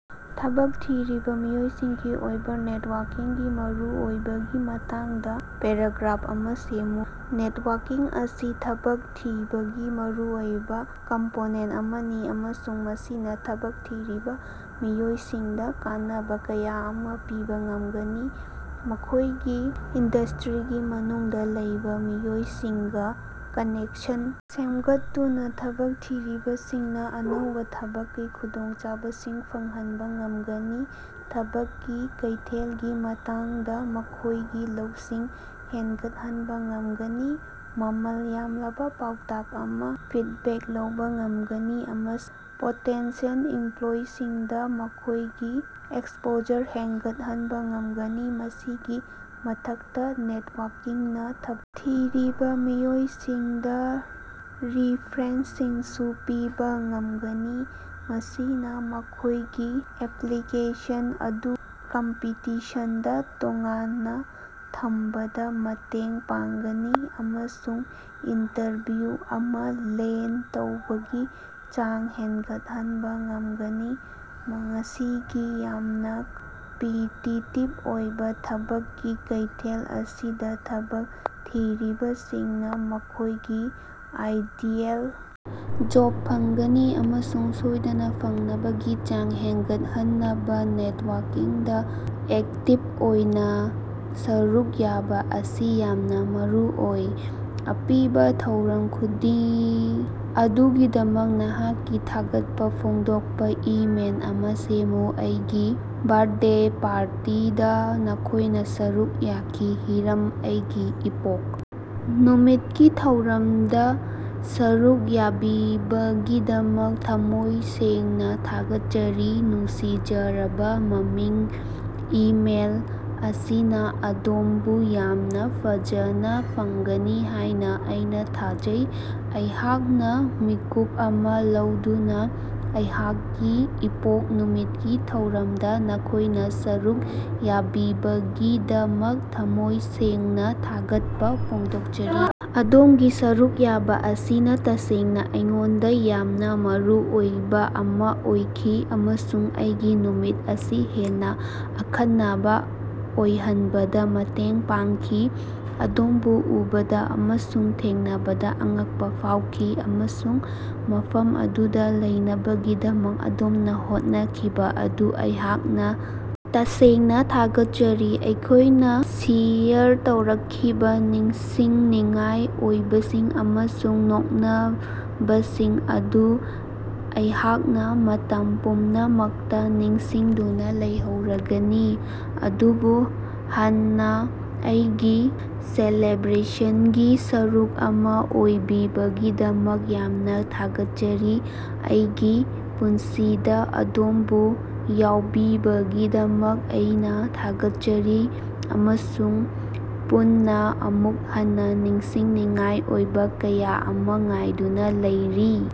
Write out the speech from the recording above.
ꯊꯕꯛ ꯊꯤꯔꯤꯕ ꯃꯤꯑꯣꯏꯁꯤꯡꯒꯤ ꯑꯣꯏꯕ ꯅꯦꯠꯋꯥꯛꯀꯤꯡꯒꯤ ꯃꯔꯨꯑꯣꯏꯕꯒꯤ ꯃꯇꯥꯡꯗ ꯄꯦꯔꯥꯒ꯭ꯔꯥꯞ ꯑꯃ ꯁꯦꯝꯃꯨ꯫ ꯅꯦꯠꯋꯥꯛꯀꯤꯡ ꯑꯁꯤ ꯊꯕꯛ ꯊꯤꯕꯒꯤ ꯃꯔꯨꯑꯣꯏꯕ ꯀꯝꯄꯣꯅꯦꯟ ꯑꯃꯅꯤ ꯑꯃꯁꯨꯡ ꯃꯁꯤꯅ ꯊꯕꯛ ꯊꯤꯔꯤꯕ ꯃꯤꯑꯣꯏꯁꯤꯡꯗ ꯀꯥꯟꯅꯕ ꯀꯌꯥ ꯑꯃ ꯄꯤꯕ ꯉꯝꯒꯅꯤ꯫ ꯃꯈꯣꯏꯒꯤ ꯏꯟꯗꯁꯇꯔꯤꯒꯤ ꯃꯅꯨꯡꯗ ꯂꯩꯕ ꯃꯤꯑꯣꯏꯁꯤꯡꯒ ꯀꯅꯦꯛꯁꯟ ꯁꯦꯝꯒꯠꯇꯨꯅ ꯊꯕꯛ ꯊꯤꯔꯤꯕꯁꯤꯡꯅ ꯑꯅꯧꯕ ꯊꯕꯛꯀꯤ ꯈꯨꯗꯣꯡꯆꯥꯕꯁꯤꯡ ꯐꯪꯍꯟꯕ ꯉꯝꯒꯅꯤ ꯊꯕꯛꯀꯤ ꯀꯩꯊꯦꯜꯒꯤ ꯃꯇꯥꯡꯗ ꯃꯈꯣꯏꯒꯤ ꯂꯧꯁꯤꯡ ꯍꯦꯟꯒꯠꯍꯟꯕ ꯉꯝꯒꯅꯤ ꯃꯃꯜ ꯌꯥꯝꯂꯕ ꯄꯥꯎꯇꯥꯛ ꯑꯃ ꯐꯤꯠꯕꯦꯛ ꯂꯧꯕ ꯉꯝꯒꯅꯤ ꯑꯃꯁꯨꯡ ꯄꯣꯇꯦꯟꯁꯤꯌꯦꯜ ꯏꯝꯄꯂꯣꯌꯔꯁꯤꯡꯗ ꯃꯈꯣꯏꯒꯤ ꯑꯦꯛꯁꯄꯣꯖꯔ ꯍꯦꯟꯒꯠꯍꯟꯕ ꯉꯝꯒꯅꯤ꯫ ꯃꯁꯤꯒꯤ ꯃꯊꯛꯇ ꯅꯦꯇꯋꯥꯛꯀꯤꯡꯅ ꯊꯕꯛ ꯊꯤꯔꯤꯕ ꯃꯤꯑꯣꯏꯁꯤꯡꯗ ꯔꯤꯐꯔꯦꯜꯁꯤꯡꯁꯨ ꯄꯤꯕ ꯉꯝꯒꯅꯤ ꯃꯁꯤꯅ ꯃꯈꯣꯏꯒꯤ ꯑꯦꯞꯂꯤꯀꯦꯁꯟ ꯑꯗꯨ ꯀꯝꯄꯤꯇꯤꯁꯟꯗꯒꯤ ꯇꯣꯉꯥꯟꯅ ꯊꯝꯕꯗ ꯃꯇꯦꯡ ꯄꯥꯡꯒꯅꯤ ꯑꯃꯁꯨꯡ ꯏꯟꯇꯔꯚꯤꯌꯨ ꯑꯃ ꯂꯦꯟ ꯇꯧꯕꯒꯤ ꯆꯥꯡ ꯍꯦꯟꯒꯠꯍꯟꯕ ꯉꯝꯒꯅꯤ꯫ ꯉꯁꯤꯒꯤ ꯌꯥꯝꯅꯥ ꯀꯝꯄꯤꯇꯤꯇꯤꯞ ꯑꯣꯏꯕ ꯊꯕꯛꯀꯤ ꯀꯩꯊꯦꯜ ꯑꯁꯤꯗ ꯊꯕꯛ ꯊꯤꯔꯤꯕꯁꯤꯡꯅ ꯃꯈꯣꯏꯒꯤ ꯑꯥꯏꯗꯤꯌꯦꯜ ꯖꯣꯕ ꯐꯪꯕꯒꯤ ꯑꯃꯁꯨꯡ ꯁꯣꯏꯗꯅ ꯐꯪꯅꯕꯒꯤ ꯆꯥꯡ ꯍꯦꯟꯒꯠꯍꯟꯅꯕ ꯅꯦꯠꯋꯛꯀꯤꯡꯗ ꯑꯦꯛꯇꯤꯞ ꯑꯣꯏꯅ ꯁꯔꯨꯛ ꯌꯥꯕ ꯑꯁꯤ ꯌꯥꯝꯅ ꯃꯔꯨꯑꯣꯏ꯫ ꯑꯄꯤꯕ ꯊꯧꯔꯝ ꯑꯗꯨꯒꯤꯗꯃꯛ ꯅꯍꯥꯛꯀꯤ ꯊꯥꯒꯠꯄ ꯐꯣꯡꯗꯣꯛꯄ ꯏꯃꯦꯜ ꯑꯃ ꯁꯦꯝꯃꯨ꯫ ꯑꯩꯒꯤ ꯕꯔꯠꯗꯦ ꯄꯥꯔꯇꯤꯗ ꯅꯈꯣꯏꯅ ꯁꯔꯨꯛ ꯌꯥꯈꯤ꯫ ꯍꯤꯔꯝ ꯑꯩꯒꯤ ꯏꯄꯣꯛ ꯅꯨꯃꯤꯠꯀꯤ ꯊꯧꯔꯝꯗ ꯁꯔꯨꯛ ꯌꯥꯕꯤꯕꯒꯤꯗꯃꯛ ꯊꯝꯃꯣꯏ ꯁꯦꯡꯅ ꯊꯥꯒꯠꯆꯔꯤ ꯅꯨꯡꯁꯤꯖꯔꯕ ꯃꯃꯤꯡ ꯏꯃꯦꯜ ꯑꯁꯤꯅ ꯑꯗꯣꯝꯕꯨ ꯌꯥꯝꯅ ꯐꯖꯅ ꯐꯪꯒꯅꯤ ꯍꯥꯏꯅ ꯑꯩꯅ ꯊꯥꯖꯩ꯫ ꯑꯩꯍꯥꯛꯅ ꯃꯤꯀꯨꯞ ꯑꯃ ꯂꯧꯗꯨꯅ ꯑꯩꯍꯥꯛꯀꯤ ꯏꯄꯣꯛ ꯅꯨꯃꯤꯠꯀꯤ ꯊꯧꯔꯝꯗ ꯅꯈꯣꯏꯅ ꯁꯔꯨꯛ ꯌꯥꯕꯤꯕꯒꯤꯗꯃꯛ ꯊꯃꯣꯏ ꯁꯦꯡꯅ ꯊꯥꯒꯠꯄ ꯐꯣꯡꯗꯣꯛꯆꯔꯤ꯫ ꯑꯗꯣꯝꯒꯤ ꯁꯔꯨꯛ ꯌꯥꯕ ꯑꯁꯤꯅ ꯇꯁꯦꯡꯅ ꯑꯩꯉꯣꯟꯗ ꯌꯥꯝꯅ ꯃꯔꯨꯑꯣꯏꯕ ꯑꯃ ꯑꯣꯏꯈꯤ ꯑꯃꯁꯨꯡ ꯑꯩꯒꯤ ꯅꯨꯃꯤꯠ ꯑꯁꯤ ꯍꯦꯟꯅ ꯑꯈꯟꯅꯕ ꯑꯣꯏꯍꯟꯕꯗ ꯃꯇꯦꯡ ꯄꯥꯡꯈꯤ꯫ ꯑꯗꯣꯝꯕꯨ ꯎꯕꯗ ꯑꯃꯁꯨꯡ ꯊꯦꯡꯅꯕꯗ ꯑꯉꯛꯄ ꯐꯥꯎꯈꯤ ꯑꯃꯁꯨꯡ ꯃꯐꯝ ꯑꯗꯨꯗ ꯂꯩꯅꯕꯒꯤꯗꯃꯛ ꯑꯗꯣꯝꯅ ꯍꯣꯠꯅꯈꯤꯕ ꯑꯗꯨ ꯑꯩꯍꯥꯛꯅ ꯇꯁꯦꯡꯅ ꯊꯥꯒꯠꯆꯔꯤ꯫ ꯑꯩꯈꯣꯏꯅ ꯁꯦꯌꯔ ꯇꯧꯔꯛꯈꯤꯕ ꯅꯤꯡꯁꯤꯡꯅꯤꯡꯉꯥꯏ ꯑꯣꯏꯕꯁꯤꯡ ꯑꯃꯁꯨꯡ ꯅꯣꯛꯅꯕꯁꯤꯡ ꯑꯗꯨ ꯑꯩꯍꯥꯛꯅ ꯃꯇꯝ ꯄꯨꯝꯅꯃꯛꯇ ꯅꯤꯡꯁꯤꯡꯗꯨꯅ ꯂꯩꯍꯧꯔꯒꯅꯤ꯫ ꯑꯃꯨꯛ ꯍꯟꯅ ꯑꯩꯒꯤ ꯁꯦꯂꯦꯕꯔꯦꯁꯟꯒꯤ ꯁꯔꯨꯛ ꯑꯃ ꯑꯣꯏꯕꯤꯕꯒꯤꯗꯃꯛ ꯌꯥꯝꯅ ꯊꯥꯒꯠꯆꯔꯤ꯫ ꯑꯩꯒꯤ ꯄꯨꯟꯁꯤꯗ ꯑꯗꯣꯝꯕꯨ ꯌꯥꯎꯕꯤꯕꯒꯤꯗꯃꯛ ꯑꯩꯅ ꯊꯥꯒꯠꯆꯔꯤ ꯑꯃꯁꯨꯡ ꯄꯨꯟꯅ ꯑꯃꯨꯛ ꯍꯟꯅ ꯅꯤꯡꯁꯤꯡꯅꯤꯡꯉꯥꯏ ꯑꯣꯏꯕ ꯀꯌꯥ ꯑꯃ ꯉꯥꯏꯗꯨꯅ ꯂꯩꯔꯤ꯫